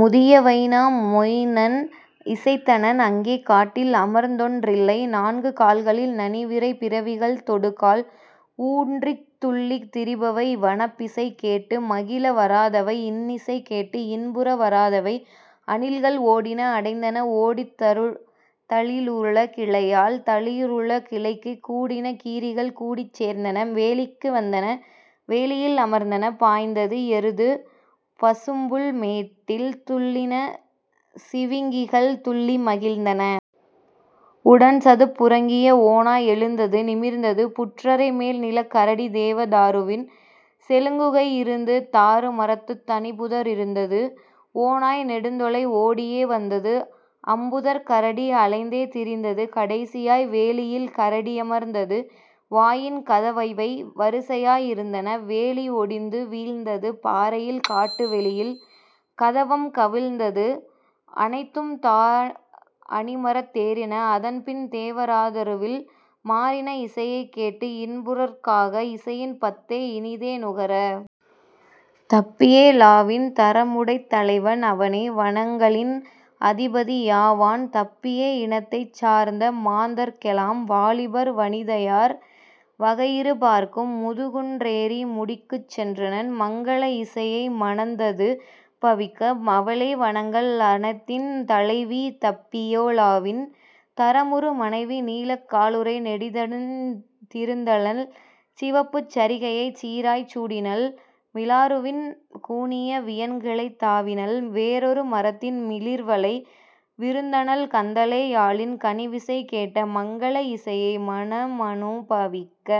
முதிய Vainamoinen இசைத்தனன் அங்கே காட்டில் அமர்ந்தொன் றில்லை நான்கு கால்களில் நனிவிரை பிறவிகள் தொடுகால் ஊன்றித் துள்ளித் திரிபவை வனப்பிசை கேட்டு மகிழ வராதவை இன்னிசை கேட்டு இன்புற வராதவை. அணில்கள் ஓடின அடைந்தன ஓடி தளிருள கிளையால் தளிருள கிளைக்கு கூடின கீரிகள் கூடிச் சேர்ந்தன வேலிக்கு வந்தன வேலியில் அமர்ந்தன பாய்ந்தது எருது பசும்புல் மேட்டில் துள்ளின சிவிங்கிகள் துள்ளி மகிழ்ந்தன. உடன்சதுப் புறங்கிய ஓநாய் எழுந்தது நிமிர்ந்தது புற்றரை மேல்நிலக் கரடி தேவ தாருவின் செழுங்குகை யிருந்து தாரு மரத்துத் தனிப்புத ரிருந்து; ஓநாய் நெடுந்தொலை ஓடியே வந்தது அம்புதர்க் கரடி அலைந்தே திரிந்தது கடைசியாய் வேலியில் கரடி யமர்ந்தது வாயின் கதவவை வரிசையாய் இருந்தன; வேலி ஒடிந்து வீழ்ந்தது பாறையில் காட்டு வெளியில் கதவம் கவிழ்ந்தது; அனைத்தும் தாரு அணிமரத் தேறின அதன்பின் தேவ ரதாருவில் மாறின இசையைக் கேட்டு இன்புறற் காக இசையின் பத்தை இனிதே நுகர. தப்பியோ லாவின் தரமுடைத் தலைவன் அவனே வனங்களின் அதிபதி யாவான் தப்பியோ இனத்தைச் சார்ந்தமாந் தர்க்கெலாம் வாலிபர் வனிதையர் வகையிரு பாற்கும், முதுகுன் றேறி முடிக்குச் சென்றனன் மங்கள இசையை மனத்தனு பவிக்க; அவளே வனங்கள் அனைத்தின் தலைவி தப்பியோ லாவின் தரமுறு மனைவி நீலக் காலுறை நெடிதணிந் திருந்தனள் சிவப்புச் சரிகையைச் சீராய்ச் சூடினள்; மிலாறுவின் கூனிய வியன்கிளைத் தாவினள் வேறொரு மரத்தின் மிளிர்வளை விருந்தனள் கந்தலே யாழின் கனிவிசை கேட்க மங்கள இசையை மனமனு பவிக்க.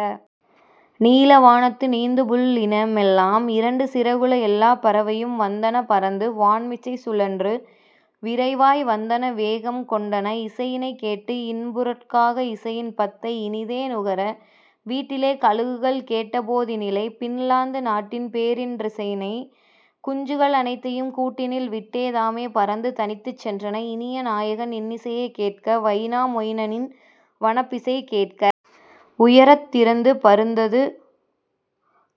நீலவா னத்து நீந்துபுள் ளினமெலாம் இரண்டு சிறகுள எல்லாப் பறவையும் வந்தன பறந்து வான்மிசைச் சுழன்று விரைவாய் வந்தன வேகம் கொண்டன இசையினைக் கேட்டு இன்புறற் காக இசையின் பத்தை இனிதே நுகர. வீட்டிலே கழுகுகள் கேட்டபோ தினிலே பின்லாந்து நாட்டின் பேரின் னிசையினை குஞ்சுகள் னைத்தையும் கூட்டினில் விட்டே தாமே பறந்து தனித்துச் சென்றன இனிய நாயகன் இன்னிசை கேட்க வைனா மொயினனின் வனப்பிசை கேட்க. உயரத் திருந்து பறந்தது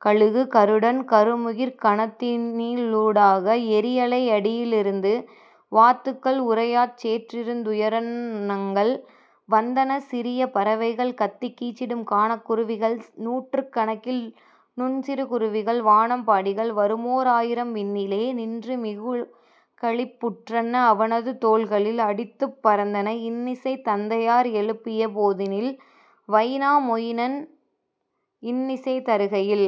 கழுகு கருடன் கருமுகிற் கணத்தினூ டாக எறியலை யடியி லிருந்து வாத் துக்கள் உறையாச் சேற்றிருந் துயரன் னங்கள்; வந்தன சிறிய வன்னப் பறவைகள் கத்திக் கீச்சிடும் கானக் குருவிகள் நூற்றுக் கணக்கில் நுண்சிறு குருவிகள் வானம் பாடிகள் வருமோ ராயிரம் விண்ணிலே நின்று மிகுகளிப் புற்றன அவனது தோள்களில் அடித்துப் பறந்தன இன்னிசை தந்தையார் எழுப்பிய போதினில் வைனா மொயினன் இன்னிசை தருகையில்.